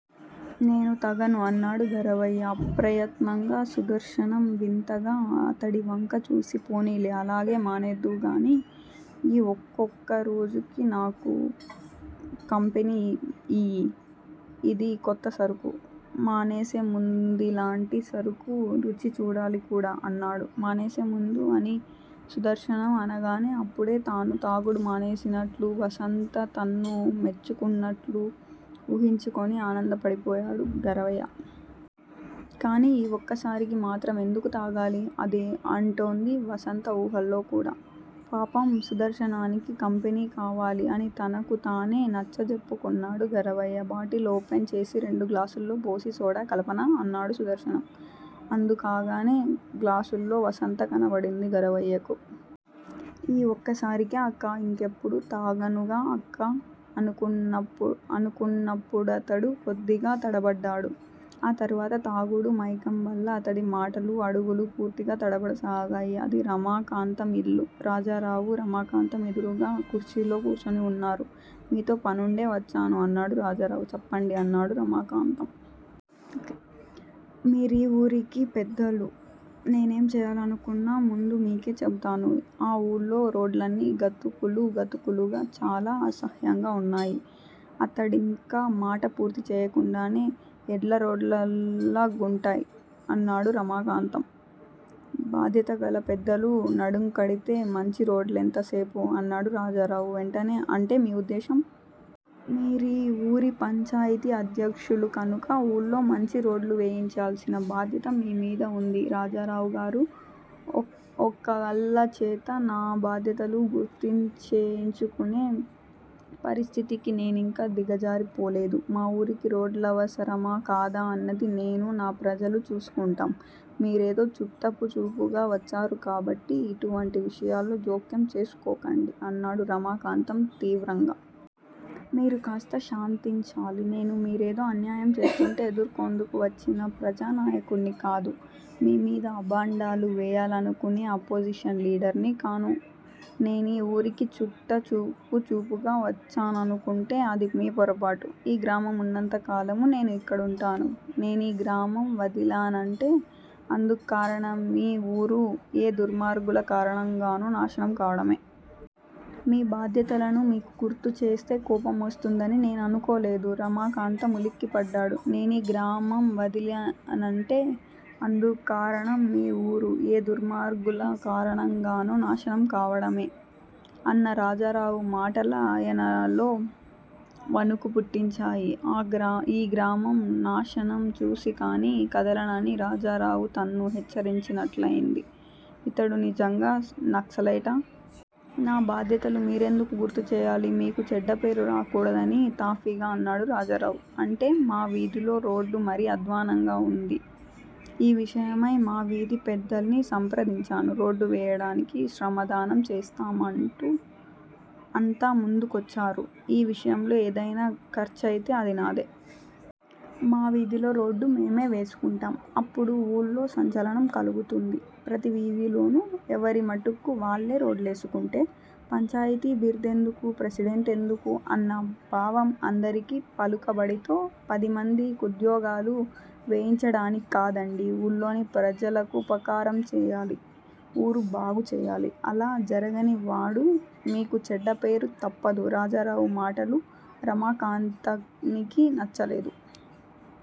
నేను తగను __ అన్నాడు గరవయ్య అప్రయత్నంగా. సుదర్శనం వింతగా అతడివంక చూసి __ పొనీలే _ అలాగే మానేద్దువుగాని. ఈ ఒక్కొక్కరోజుకీ నాకు కంపెనీ యియ్యి. ఇది కొత్తసరుకు. మానేసేముందిలాంటి సరుకు రుచి చూడాలి కూడా __ అన్నాడు. మానేసేముందు అని సుదర్శనం అనగానే, అప్పుడే తాను తాగుడు మానేసినట్లూ, వసంత తన్ను మెచ్చుకుంటున్నట్ట్లూ ఊహించకుని, ఆనందపడిపోయాడు గరవయ్య. కానీ, ఈ ఒక్కసారికీ మాత్రమెందుకు తాగాలి? అంటోంది వసంత ఊహల్లో కూడా. పాపం సుదర్శనానికి కంపెనీ కావాలి అని తనకుతానే నచ్చజెప్పుకున్నాడు గరవయ్య. బాటిల్ ఓపెన్ చేసి రెండు గ్లాసుల్లో పోసి _ సోడా కలపనా? అన్నాడు. సుదర్శనం. అందుకాగానే గ్లాసుల్లో వసంత కనబడింది. గరవయ్యకు. ఈ ఒక్కసారికే అక్కా __ ఇంకెప్పుడూ తాగనుగా అక్కా అనుకున్నప్పుడతడు కొద్దిగా తడబడ్డాడు. ఆ తర్వాత తాగుడు మైకంవల్ల అతడి మాటలూ, అడగులూ పూర్తిగా తడబడసాగాయి. అది రమాకాంతం యిల్లు. రాజారావు, రమాకాంతంఎదురుగా కుర్చీల్లో కూర్చుని ఉన్నారు. మీతో పనుండే వచ్చాను అన్నాడు రాజారావు. చెప్పండి __ అన్నాడు రమాకాంతం. మీరీ ఊరికి పెద్దలు. నేనేంచేయాలనుకున్నాముందు మీకే చెబుతాను. ఆ ఊళ్ళో రోడ్లన్నీ గతుకులు గతుకులుగా, చాలా అసహ్యంగా ఉన్నాయి అతడింకా మాట పూర్తీచేయకుండానే __ ఎడ్లరోడ్లల్లా గుంటాయ్? అన్నాడు రమాకాంతం. భాధ్యతగల పెద్దలు నడుంకడితే __ మంచిరోడ్లెంత సేపు? అన్నాడు రాజారావు వెంటనే. అంటే మీ ఉద్దేశ్యం? మీరీ ఊరి పంచాయితీ అధ్యక్షులు కనుక _ ఊళ్ళో మంచి రోడ్లు వేయించాల్సిన బాధ్యత మీమీద ఉంది. రాజరావుగారూ! ఒకళ్ళచేత నా బాధ్యతలు గుర్తుచేయించుకునే పరిస్థితికి నేనింకా దిగజారిపోలేదు. మా ఊరికి రోడ్లవసరమా, కాదా అన్నది నేనూ, నా ప్రజలూ చూసుకుంటాం, మీరేదో చుట్టపుచూపుగా వచ్చారు కాబట్టి ఇటువంటి విషయాల్లో జోక్యం చేసుకోకండి _ అన్నాడు రమాకాంతం తీవ్రంగా. మీరు కాస్త శాంతించాలి. నేను మీరేదో అన్యాయం చేస్తూంటే ఎదుర్కోందుకు వచ్చిన ప్రజానాయకుడ్ని కాదు. మీమీద అభాండాలు వేయాలనుకునే అపోజిషన్ లీదర్నీ కాను. నేనీ ఊరికి చుట్టపుచూపుగా వచ్చాననుకుంటే అది మీ పొరపాటు. ఈ గ్రామం ఉన్నంత కాలమూ _ నేనూ ఇక్కడుంటాను. నేనీ గ్రామం వదిలానంటే అందుక్కారణమీ ఊరు ఏ దుర్మార్గుల కారణంగానో నాశనం కావడమే! మీ బాధ్యతలను మీకు గుర్తుచేస్తే _ కోపమోస్తుందని నేననుకోలేదు. రమాకాంతం ఉలిక్కిపడ్డాడు __ నేనీ గ్రామం వదిలానంటే అందుక్కారణమీఊరు ఏ దుర్మార్గుల కారణంగానో నాశనం కావడమే! అన్న రాజారావు మాటలాయనంలో వణుకు పుట్టించాయి. ఈ గ్రామం నాశనం చూసికానీ కదలనని రాజారావు తన్ను హెచ్చరించినట్లయింది. ఇతడు నిజంగా నక్సలైటా? నా బాధ్యతలు మీరెందుకు గుర్తుచేయాలి? మీకు చెడ్డపేరు రాకూడదని __ తాఫీగా అన్నాడు రాజారావు. అంటే! మా వీధిలో రోడ్డు మరీ అద్వాన్నంగా ఉంది. ఈ విషయమై మా వీధి పెద్దల్ని సంప్రదించాను. రోడ్డువేయడానికి శ్రమదానం చేస్తామంటూ అంతా ముందుకొచ్చారు. ఈ విషయంలో ఏదయినా ఖర్చయితే అది నాదే! మా వీధిలో రోడ్డు మేమే వేసుకుంటాం. అప్పుడు ఊళ్ళో సంచలనం కలుగుతోంది. ప్రతి వీధిలోనూ ఎవరిమటుక్కు వాళ్ళే రోడ్లేసుకుంటే _ పంచాయితీ బిర్డెందుకు, ప్రెసిడెంటుదుకు _ అన్న భావం అందరికీ పలుకుబడితో పదిమంది కుధ్యోగాలు వేయించడానిక్కాదండీ ఊళ్ళోని ప్రజలకుపకారం చేయాలి. ఊరు బాగుచేయాలి. అలా జరగనివాడు మీకు చెడ్డపేరు తప్పదు రాజారావు మాటలు రమాకాంతానికి నచ్చలేదు.